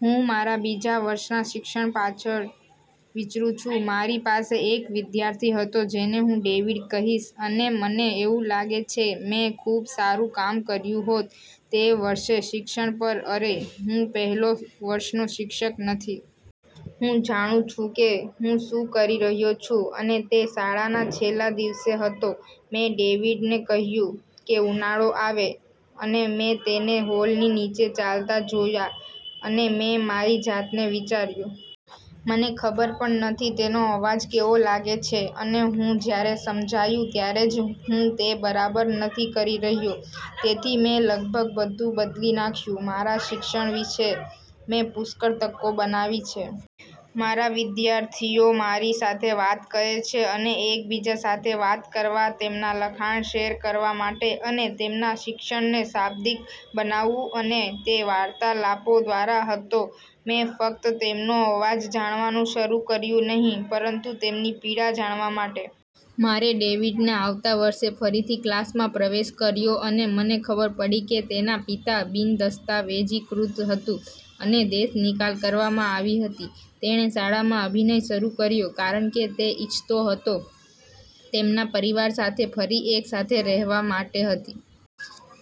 હું મારા બીજા વર્ષના શિક્ષણ પાછળ વિચરુંછું. મારી પાસે એક વિદ્યાર્થી હતો જેને હું ડેવિડ કહીશ, અને મને એવું લાગે છે મેં ખૂબ સારું કામ કર્યું હોત. તે વર્ષે શિક્ષણ પર અરે, હું પહેલો વર્ષનો શિક્ષક નથી. હું જાણું છું કે હું શું કરી રહ્યો છું અને તે શાળાના છેલ્લા દિવસે હતો, મેં ડેવિડને કહ્યું કે ઉનાળો આવે. અને મેં તેને હોલની નીચે ચાલતા જોયા અને મેં મારી જાતને વિચાર્યું. મને ખબર પણ નથી તેનો અવાજ કેવો લાગે છે અને હું જ્યારે સમજાયું ત્યારે જ હું તે બરાબર નથી કરી રહ્યો. તેથી મેં લગભગ બધું બદલી નાખ્યું. મારા શિક્ષણ વિશે મેં પુષ્કળ તકો બનાવી છે. મારા વિદ્યાર્થીઓ મારી સાથે વાત કરે છે અને એકબીજા સાથે વાત કરવા, તેમના લખાણ શેર કરવા માટે અને તેમના શિક્ષણને શાબ્દિક બનાવવું અને તે વાર્તાલાપો દ્વારા હતો મેં ફક્ત તેમનો અવાજ જાણવાનું શરૂ કર્યું નહીં, પરંતુ તેમની પીડા જાણવા માટે. મારે ડેવિડને આવતા વર્ષે ફરીથી ક્લાસમાં પ્રવેશ કર્યો અને મને ખબર પડી કે તેના પિતા બિનદસ્તાવેજીકૃત હતું અને દેશનિકાલ કરવામાં આવી હતી. તેણે શાળામાં અભિનય શરૂ કર્યો કારણ કે તે ઇચ્છતો હતો તેમના પરિવાર સાથે ફરી એક સાથે રહેવા માટે હતી.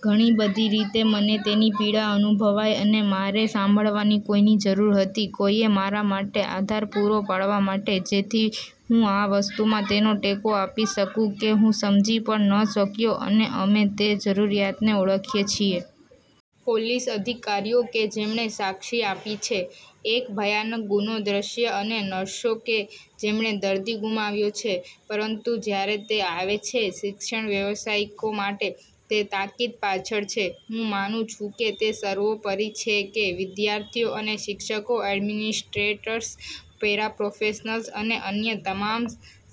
ઘણી બધી રીતે, મને તેની પીડા અનુભવાઈ અને મારે સાંભળવાની કોઈની જરૂર હતી, કોઈએ મારા માટે આધાર પૂરો પાડવા માટે જેથી હું આ વસ્તુમાં તેનો ટેકો આપી શકું કે હું સમજી પણ ન શક્યો અને અમે તે જરૂરિયાતને ઓળખીએ છીએ. પોલીસ અધિકારીઓ કે જેમણે સાક્ષી આપી છે એક ભયાનક ગુનો દ્રશ્ય અને નર્સો કે જેમણે દર્દી ગુમાવ્યો છે. પરંતુ જ્યારે તે આવે છે શિક્ષણ વ્યવસાયિકો માટે, તે તાકીદ પાછળ છે. હું માનું છું કે તે સર્વોપરી છે કે વિદ્યાર્થીઓ અને શિક્ષકો, એડમિનિસ્ટ્રેટર્સ, પેરાપ્રોફેશનલ્સ અને અન્ય તમામ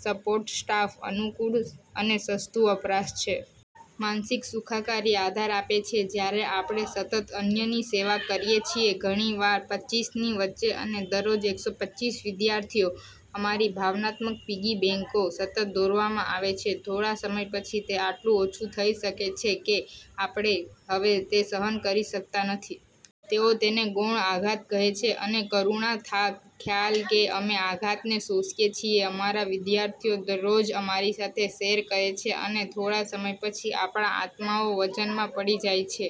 સપોર્ટ સ્ટાફ અનુકૂળ અને સસ્તું વપરાશ છે. માનસિક સુખાકારી આધાર આપે છે. જ્યારે આપણે સતત અન્યની સેવા કરીએ છીએ, ઘણીવાર પચ્ચીસની વચ્ચે અને દરરોજ એકસો પચ્ચીસ વિદ્યાર્થીઓ, અમારી ભાવનાત્મક પિગી બેંકો સતત દોરવામાં આવે છે. થોડા સમય પછી, તે આટલું ઓછું થઈ શકે છે, કે આપણે હવે તે સહન કરી શકતા નથી. તેઓ તેને ગૌણ આઘાત કહે છે અને કરુણા થાક, ખ્યાલ કે અમે આઘાતને શોષીએ છીએ. અમારા વિદ્યાર્થીઓ દરરોજ અમારી સાથે શેર કરે છે અને થોડા સમય પછી, આપણા આત્માઓ વજનમાં પડી જાય છે.